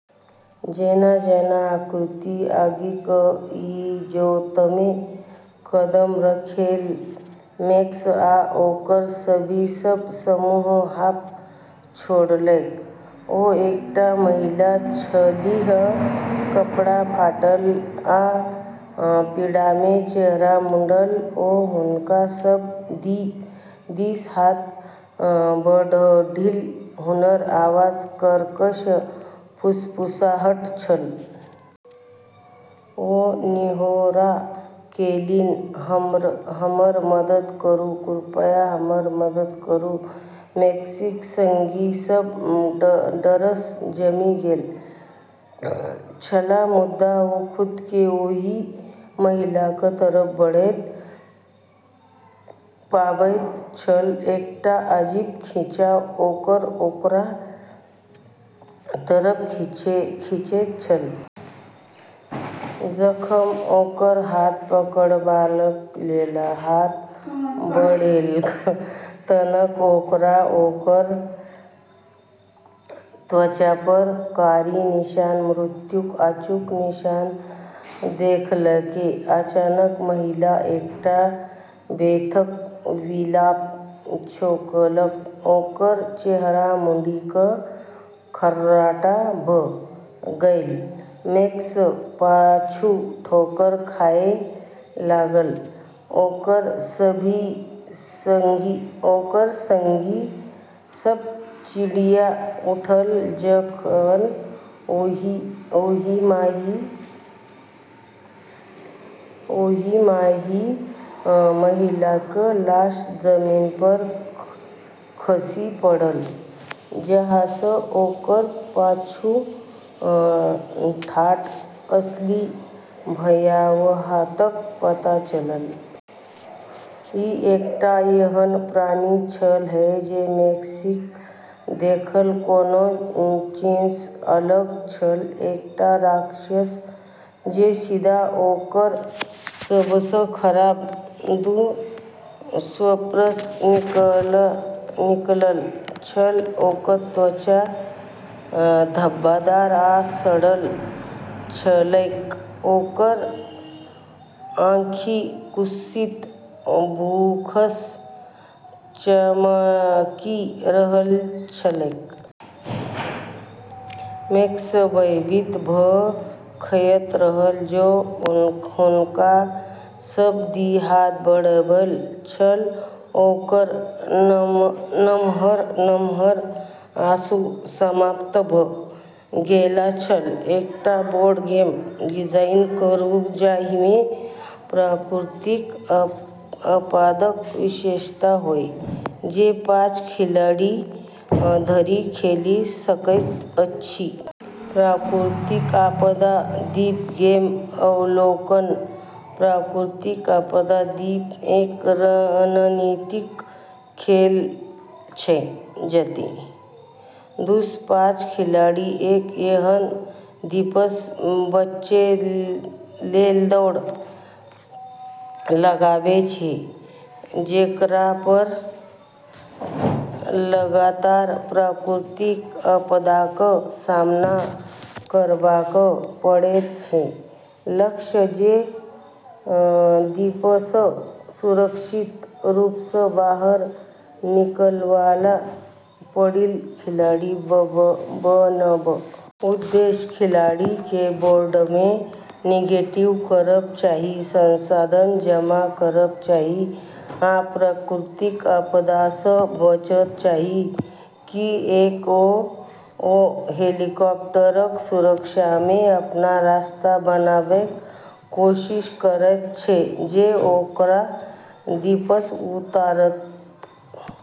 जेना-जेना आकृति आगिक इजोतमे कदम रखलकै, मैक्स आ ओकर संगी सभ सामूहिक हाँफ छोड़लकै। ओ एकटा महिला छलीह, कपड़ा फाटल आ पीड़ामे चेहरा मुड़ल। ओ हुनका सभ दिस हाथ बढ़ौलीह, हुनकर आवाज कर्कश फुसफुसाहट छल। ओ निहोरा केलनि, "हमर मदद करू, कृपया, हमर मदद करू।" मैक्सक संगी सभ डरसँ जमि गेल छल, मुदा ओ खुदकेँ ओहि महिलाक तरफ बढ़ैत पाबैत छल, एकटा अजीब खिंचाव ओकरा ओकरा तरफ खींचैत छल। जखन ओ ओकर हाथ पकड़बाक लेल हाथ बढ़ेलक तखन ओकरा ओकर त्वचापर कारी निशान, मृत्युक अचूक निशान देखलकै। अचानक महिला एकटा बेधक विलाप छोड़लक, ओकर चेहरा मुड़ि कऽ खर्राटा भऽ गेलै। मैक्स पाछू ठोकर खाय लागल, ओकर संगी सभ चिचिया उठल जखन ओहि महिलाक लाश जमीनपर खसि पड़ल, जाहिसँ ओकर पाछू ठाढ़ असली भयावहताक पता चलल। ई एकटा एहन प्राणी छल जे मैक्सक देखल कोनो चीजसँ अलग छल, एकटा राक्षस जे सीधा ओकर सबसँ खराब दुःस्वप्नसँ निकलल छल। ओकर त्वचा धब्बादार आ सड़ल छलैक, ओकर आँखि कुत्सित भूखसँ चमकि रहल छलैक। मैक्स भयभीत भऽ कऽ देखैत रहल जे ओ हुनका सभ दिस हाथ बढ़बैत छल, ओकर नमहर-नम्हर आँगुर समाप्त भऽ गेल छल। एकटा बोर्ड गेम डिजाइन करू, जाहिमे प्राकृतिक आपदाक विशेषता होय, जे पाँच खिलाड़ी धरि खेलि सकैत अछि। नाम: प्राकृतिक आपदा द्वीप गेम अवलोकन: प्राकृतिक आपदा द्वीप एक रणनीतिक खेल छै, जतै दूसँ पाँच खिलाड़ी एक एहन द्वीपसँ बचै लेल दौड़ लगाबैछ जेकरापर लगातार प्राकृतिक आपदाक सामना करबाक पड़ैत छै। लक्ष्य छै जे द्वीपसँ सुरक्षित रूपसँ बाहर निकलैवाला पहिल खिलाड़ी बनब। उद्देश्य: खिलाड़ीकेँ बोर्डमे नेविगेट करब चाहि, संसाधन जमा करब चाहि, आ प्राकृतिक आपदासँ बचब चाहि, किऐक तऽ ओ हेलीकॉप्टरक सुरक्षामे अपन रास्ता बनाबैक कोशिश करैत छै जे ओकरा द्वीपसँ उतारत।